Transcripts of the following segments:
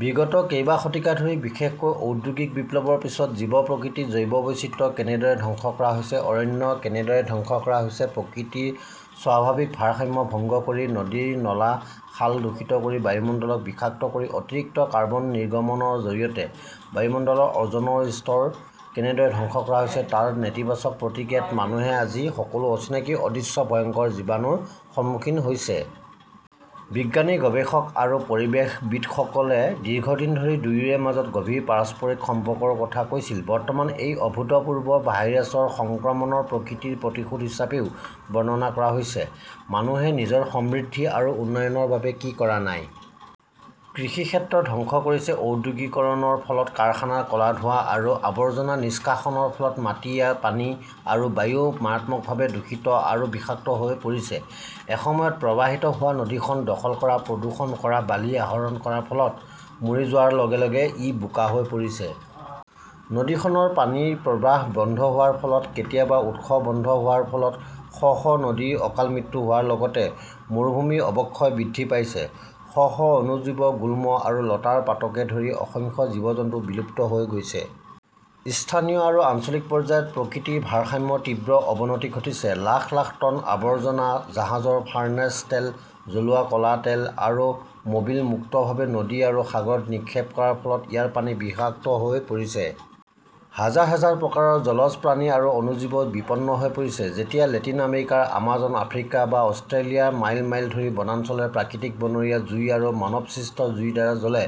বিগত কেইবা শতিকা ধৰি, বিশেষকৈ ঔদ্যোগিক বিপ্লৱৰ পিছত জীৱ-প্ৰকৃতি, জৈৱ বৈচিত্ৰ্য কেনেদৰে ধ্বংস কৰা হৈছে, অৰণ্য কেনেদৰে ধ্বংস কৰা হৈছে, প্ৰকৃতিৰ স্বাভাৱিক ভাৰসাম্য ভংগ কৰি নদীৰ নলা, খাল দূষিত কৰি বায়ুমণ্ডলক বিষাক্ত কৰি অতিৰিক্ত কাৰ্বন নিৰ্গমনৰ জৰিয়তে বায়ুমণ্ডলৰ অ’জনৰ স্তৰ কেনেদৰে ধ্বংস কৰা হৈছে তাৰ নেতিবাচক প্ৰতিক্ৰিয়াত মানুহে আজি সকলো অচিনাকি অদৃশ্য ভয়ংকৰ জীৱাণুৰ সন্মুখীন হৈছে। বিজ্ঞানী, গৱেষক আৰু পৰিৱেশবিদসকলে দীৰ্ঘদিন ধৰি দুয়োৰে মাজত গভীৰ পাৰস্পৰিক সম্পৰ্কৰ কথা কৈছিল। বৰ্তমান এই অভূতপূৰ্ব ভাইৰাছৰ সংক্ৰমণক প্ৰকৃতিৰ প্ৰতিশোধ হিচাপেও বৰ্ণনা কৰা হৈছে। মানুহে নিজৰ সমৃদ্ধি আৰু উন্নয়নৰ বাবে কি কৰা নাই! কৃষিক্ষেত্ৰ ধ্বংস কৰিছে, ঔদ্যোগিকৰণৰ ফলত কাৰখানাৰ ক'লা ধোঁৱা আৰু আৱৰ্জনা নিষ্কাশনৰ ফলত মাটি, পানী আৰু বায়ু মাৰাত্মকভাৱে দূষিত আৰু বিষাক্ত হৈ পৰিছে। এসময়ত প্ৰৱাহিত হোৱা নদীখন দখল কৰা-প্ৰদূষণ কৰা-বালি আহৰণ কৰাৰ ফলত মৰি যোৱাৰ লগে লগে ই বোকা হৈ পৰিছে। নদীখনৰ পানীৰ প্ৰবাহ বন্ধ হোৱাৰ ফলত, কেতিয়াবা উৎস বন্ধ হোৱাৰ ফলত শ শ নদীৰ অকাল মৃত্যু হোৱাৰ লগতে মৰুভূমিৰ অৱক্ষয় বৃদ্ধি পাইছে। শ শ অণুজীৱ, গুল্ম আৰু লতাৰ পাতকে ধৰি অসংখ্য জীৱ-জন্তু বিলুপ্ত হৈ গৈছে। ইস্থানীয় আৰু আঞ্চলিক পৰ্যায়ত প্ৰকৃতিৰ ভাৰসাম্যৰ তীব্ৰ অৱনতি ঘটিছে। লাখ লাখ টন আৱৰ্জনা, জাহাজৰ ফাৰ্নেচ তেল, জ্বলোৱা ক'লা তেল আৰু মবিল মুক্তভাৱে নদী আৰু সাগৰত নিক্ষেপ কৰাৰ ফলত ইয়াৰ পানী বিষাক্ত হৈ পৰিছে। হাজাৰ হাজাৰ প্ৰকাৰৰ জলজ প্ৰাণী আৰু অণুজীৱ বিপন্ন হৈ পৰিছে। যেতিয়া লেটিন আমেৰিকাৰ আমাজন, আফ্ৰিকা বা অষ্ট্ৰেলিয়াৰ মাইল মাইল ধৰি বনাঞ্চলে প্ৰাকৃতিক বনৰীয়া জুই আৰু মানৱসৃষ্ট জুইৰ দ্বাৰা জ্বলে,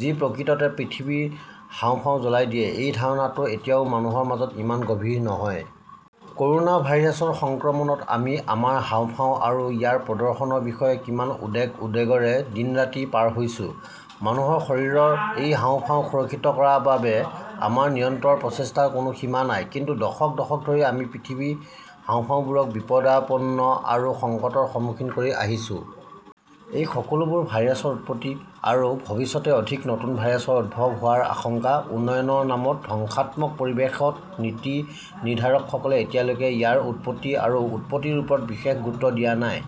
যি প্ৰকৃততে পৃথিৱীৰ হাঁওফাঁও জ্বলাই দিয়ে-এই ধাৰণাটো এতিয়াও মানুহৰ মাজত ইমান গভীৰ নহয়। ক’ৰ’না ভাইৰাছৰ সংক্ৰমণত আমি আমাৰ হাঁওফাঁও আৰু ইয়াৰ প্ৰদৰ্শনৰ বিষয়ে কিমান উদ্বেগ-উদ্বেগৰে দিন-ৰাতি পাৰ হৈছো! মানুহৰ শৰীৰৰ এই হাঁওফাঁও সুৰক্ষিত কৰাৰ বাবে আমাৰ নিৰন্তৰ প্ৰচেষ্টাৰ কোনো সীমা নাই। কিন্তু দশক দশক ধৰি আমি পৃথিৱীৰ হাঁওফাঁওবোৰক বিপদাপন্ন আৰু সংকটৰ সন্মুখীন কৰি আহিছো। এই সকলোবোৰ ভাইৰাছৰ উৎপত্তি আৰু ভৱিষ্যতে অধিক নতুন ভাইৰাছৰ উদ্ভৱ হোৱাৰ আশংকা-উন্নয়নৰ নামত ধ্বংসাত্মক পৰিৱেশত-নীতি নিৰ্ধাৰকসকলে এতিয়ালৈকে ইয়াৰ উৎপত্তি আৰু উৎপত্তিৰ ওপৰত বিশেষ গুৰুত্ব দিয়া নাই।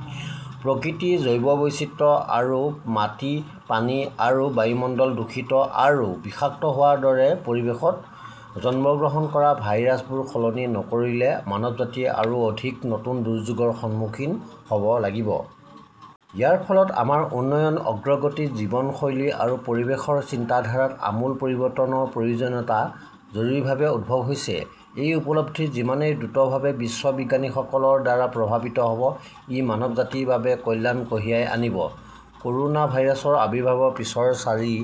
প্ৰকৃতি, জৈৱ বৈচিত্ৰ্য আৰু মাটি, পানী আৰু বায়ুমণ্ডল দূষিত আৰু বিষাক্ত হোৱাৰ দৰে পৰিৱেশত জন্মগ্ৰহণ কৰা ভাইৰাছবোৰ সলনি নকৰিলে মানৱজাতিয়ে আৰু অধিক নতুন দুৰ্যোগৰ সন্মুখীন হ 'ব লাগিব। ইয়াৰ ফলত আমাৰ উন্নয়ন, অগ্ৰগতি, জীৱনশৈলী আৰু পৰিৱেশৰ চিন্তাধাৰাত আমূল পৰিৱৰ্তনৰ প্ৰয়োজনীয়তা জৰুৰীভাৱে উদ্ভৱ হৈছে। এই উপলব্ধি যিমানেই দ্ৰুতভাৱে বিশ্ববিজ্ঞানীসকলৰ দ্বাৰা প্ৰভাৱিত হ’ব, ই মানৱজাতিৰ বাবে কল্যাণ কঢ়িয়াই আনিব। ক’ৰ 'না ভাইৰাছৰ আবিৰ্ভাৱৰ পিছৰ চাৰি